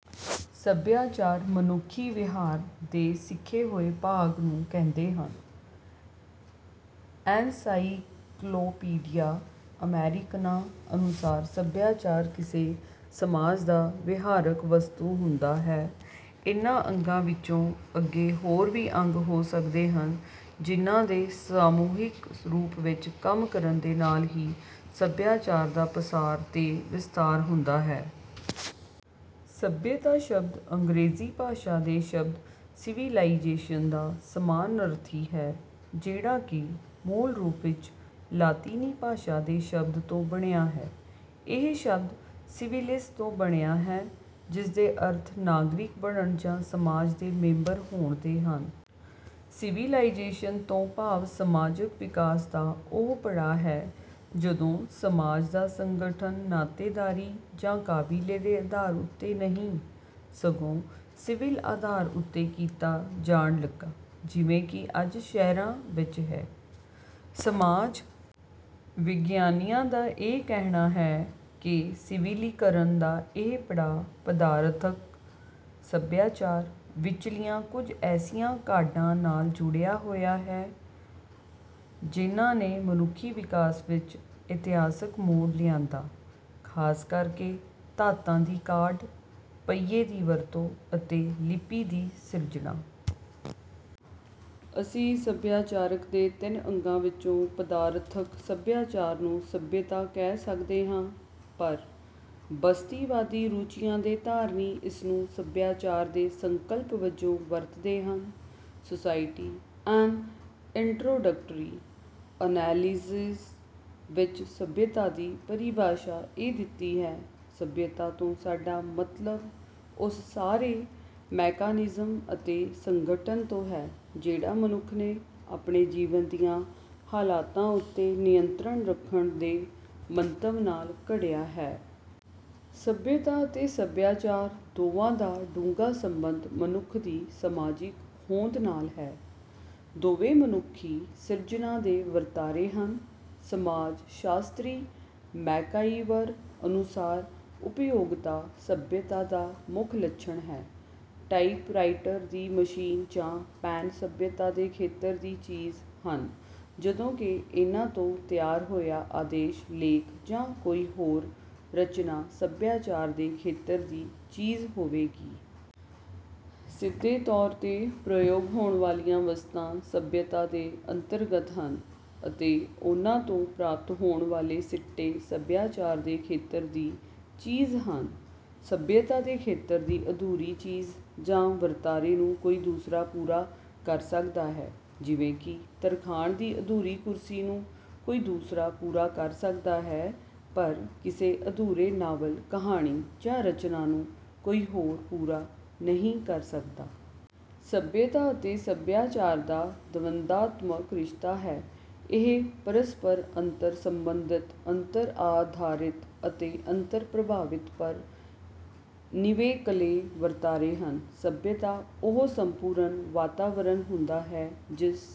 ਸਭਿਆਚਾਰ ਮਨੁੱਖੀ ਵਿਹਾਰ ਦੇ ਸਿੱਖੇ ਹੋਏ ਭਾਗ ਨੂੰ ਕਹਿੰਦੇ ਹਨ। ਐਨਸਾਈਕਲੋਪੀਡੀਆ ਅਮੈਰਿਕਨਾ ਅਨੁਸਾਰ ਸਭਿਆਚਾਰ ਕਿਸੇ ਸਮਾਜ ਦਾ ਵਿਹਾਰਕ ਵਸਤੂ ਹੁੰਦਾ ਹੈ। ਇਹਨਾਂ ਅੰਗਾਂ ਵਿੱਚੋਂ ਅੱਗੇ ਹੋਰ ਵੀ ਅੰਗ ਹੋ ਸਕਦੇ ਹਨ ਜਿਹਨਾਂ ਦੇ ਸਮੂਹਿਕ ਰੂਪ ਵਿੱਚ ਕੰਮ ਕਰਨ ਦੇ ਨਾਲ ਹੀ ਸਭਿਆਚਾਰ ਦਾ ਪਸਾਰ ਤੇ ਵਿਸਥਾਰ ਹੁੰਦਾ ਹੈ। ਸਭਿਅਤਾ ਸ਼ਬਦ ਅੰਗਰੇਜ਼ੀ ਭਾਸ਼ਾ ਦੇ ਸ਼ਬਦ 'ਸਿਵਿਲਾਈਜ਼ੇਸ਼ਨ' ਦਾ ਸਮਾਨਰਥੀ ਹੈ, ਜਿਹੜਾ ਕਿ ਮੂਲ ਰੂਪ ਵਿੱਚ ਲਾਤੀਨੀ ਭਾਸ਼ਾ ਦੇ ਸ਼ਬਦ ਤੋਂ ਬਣਿਆ ਹੈ। ਇਹ ਸ਼ਬਦ 'ਸਿਵਲਿਸ' ਤੋਂ ਬਣਿਆ ਹੈ, ਜਿਸਦੇ ਅਰਥ ਨਾਗਰਿਕ ਬਣਨ ਜਾਂ ਸਮਾਜ ਦੇ ਮੈਂਬਰ ਹੋਣ ਦੇ ਹਨ। ਸਿਵਿਲਾਈਜ਼ੇਸ਼ਨ ਤੋਂ ਭਾਵ ਸਮਾਜਕ ਵਿਕਾਸ ਦਾ ਉਹ ਪੜਾਅ ਹੈ ਜਦੋਂ ਸਮਾਜ ਦਾ ਸੰਗਠਨ ਨਾਤੇਦਾਰੀ ਜਾਂ ਕਬੀਲੇ ਦੇ ਆਧਾਰ ਉੱਤੇ ਨਹੀਂ, ਸਗੋਂ ਸਿਵਿਲ ਆਧਾਰ ਉੱਤੇ ਕੀਤਾ ਜਾਣ ਲੱਗਾ, ਜਿਵੇਂ ਕਿ ਅੱਜ ਸ਼ਹਿਰਾਂ ਵਿੱਚ ਹੈ। ਸਮਾਜ ਵਿਗਿਆਨੀਆਂ ਦਾ ਇਹ ਕਹਿਣਾ ਹੈ ਕਿ ਸਿਵਿਲੀਕਰਨ ਦਾ ਇਹ ਪੜਾਅ ਪਦਾਰਥਕ ਸਭਿਆਚਾਰ ਵਿੱਚਲੀਆਂ ਕੁਝ ਐਸੀਆਂ ਕਾਢਾਂ ਨਾਲ ਜੁੜਿਆ ਹੋਇਆ ਹੈ, ਜਿਹਨਾਂ ਨੇ ਮਨੁੱਖੀ ਵਿਕਾਸ ਵਿੱਚ ਇਤਿਹਾਸਕ ਮੋੜ ਲਿਆਂਦਾ, ਖ਼ਾਸ ਕਰ ਕੇ ਧਾਤਾਂ ਦੀ ਕਾਢ, ਪਹੀਏ ਦੀ ਵਰਤੋਂ ਅਤੇ ਲਿਪੀ ਦੀ ਸਿਰਜਣਾ। ਅਸੀਂ ਸਭਿਆਚਾਰ ਦੇ ਤਿੰਨ ਅੰਗਾਂ ਵਿੱਚੋਂ ਪਦਾਰਥਕ ਸਭਿਆਚਾਰ ਨੂੰ ਸੱਭਿਅਤਾ ਕਹਿ ਸਕਦੇ ਹਾਂ, ਪਰ ਬਸਤੀਵਾਦੀ ਰੂਚੀਆਂ ਦੇ ਧਾਰਨੀ ਇਸ ਨੂੰ ਸਭਿਆਚਾਰ ਦੇ ਸੰਕਲਪ ਵਜੋਂ ਵਰਤਦੇ ਹਨ। ਸੁਸਾਇਟੀ, ਐਨ ਇੰਟਰੋਡਕਟਰੀ ਅਨੈਲਿਸਿਜ਼' ਵਿੱਚ ਸਭਿਅਤਾ ਦੀ ਪਰਿਭਾਸ਼ਾ ਇਹ ਦਿੱਤੀ ਹੈ ਸਭਿਅਤਾ ਤੋਂ ਸਾਡਾ ਮਤਲਬ ਉਸ ਸਾਰੇ ਮੈਕਾਨਿਜ਼ਮ ਅਤੇ ਸੰਗਠਨ ਤੋਂ ਹੈ, ਜਿਹੜਾ ਮਨੁੱਖ ਨੇ ਆਪਣੇ ਜੀਵਨ ਦੀਆਂ ਹਾਲਤਾਂ ਉੱਤੇ ਨਿਯੰਤਰਣ ਰੱਖਣ ਦੇ ਮੰਤਵ ਨਾਲ ਘੜਿਆ ਹੈ। ਸਭਿਅਤਾ ਅਤੇ ਸਭਿਆਚਾਰ ਦੋਵਾਂ ਦਾ ਡੂੰਘਾ ਸੰਬੰਧ ਮਨੁੱਖ ਦੀ ਸਮਾਜਿਕ ਹੋਂਦ ਨਾਲ ਹੈ। ਦੋਵੇਂ ਮਨੁੱਖੀ ਸਿਰਜਨਾ ਦੇ ਵਰਤਾਰੇ ਹਨ। ਸਮਾਜ ਸ਼ਾਸਤਰੀ ਮੈਕਾਈਵਰ ਅਨੁਸਾਰ ਉਪਯੋਗਤਾ ਸਭਿਅਤਾ ਦਾ ਮੁੱਖ ਲੱਛਣ ਹੈ। ਟਾਇਪ ਰਾਈਟਰ ਦੀ ਮਸ਼ੀਨ ਜਾਂ ਪੈਨ ਸਭਿਅਤਾ ਦੇ ਖੇਤਰ ਦੀ ਚੀਜ਼ ਹਨ ਜਦੋਂ ਕਿ ਇਹਨਾਂ ਤੋਂ ਤਿਆਰ ਹੋਇਆ ਆਦੇਸ਼ ਲੇਖ ਜਾਂ ਕੋਈ ਹੋਰ ਰਚਨਾ ਸਭਿਆਚਾਰ ਦੇ ਖੇਤਰ ਦੀ ਚੀਜ਼ ਹੋਵੇਗੀ। ਸਿੱਧੇ ਤੌਰ ਤੇ ਪ੍ਰਯੋਗ ਹੋਣ ਵਾਲੀਆਂ ਵਸਤਾਂ ਸਭਿਅਤਾ ਦੇ ਅੰਤਰਗਤ ਹਨ ਅਤੇ ਉਨ੍ਹਾਂ ਤੋਂ ਪ੍ਰਾਪਤ ਹੋਣ ਵਾਲੇ ਸਿੱਟੇ ਸਭਿਆਚਾਰ ਦੇ ਖੇਤਰ ਦੀ ਚੀਜ਼ ਹਨ। ਸਭਿਅਤਾ ਦੇ ਖੇਤਰ ਦੀ ਅਧੂਰੀ ਚੀਜ਼ ਜਾਂ ਵਰਤਾਰੇ ਨੂੰ ਕੋਈ ਦੂਸਰਾ ਪੂਰਾ ਕਰ ਸਕਦਾ ਹੈ ਜਿਵੇਂ ਕਿ ਤਰਖਾਣ ਦੀ ਅਧੂਰੀ ਕੁਰਸੀ ਨੂੰ ਕੋਈ ਦੂਸਰਾ ਪੂਰਾ ਕਰ ਸਕਦਾ ਹੈ, ਪਰ ਕਿਸੇ ਅਧੂਰੇ ਨਾਵਲ, ਕਹਾਣੀ ਜਾਂ ਰਚਨਾ ਨੂੰ ਕੋਈ ਹੋਰ ਪੂਰਾ ਨਹੀਂ ਕਰ ਸਕਦਾ। ਸਭਿਅਤਾ ਅਤੇ ਸਭਿਆਚਾਰ ਦਾ ਦਵੰਦਾਤਮਕ ਰਿਸ਼ਤਾ ਹੈ। ਇਹ ਪਰਸਪਰ ਅੰਤਰ-ਸੰਬੰਧਿਤ, ਅੰਤਰ-ਆਧਾਰਿਤ ਅਤੇ ਅੰਤਰ-ਪ੍ਰਭਾਵਿਤ ਪਰ ਨਿਵੇਕਲੇ ਵਰਤਾਰੇ ਹਨ। ਸਭਿਅਤਾ ਉਹ ਸੰਪੂਰਨ ਵਾਤਾਵਰਨ ਹੁੰਦਾ ਹੈ ਜਿਸ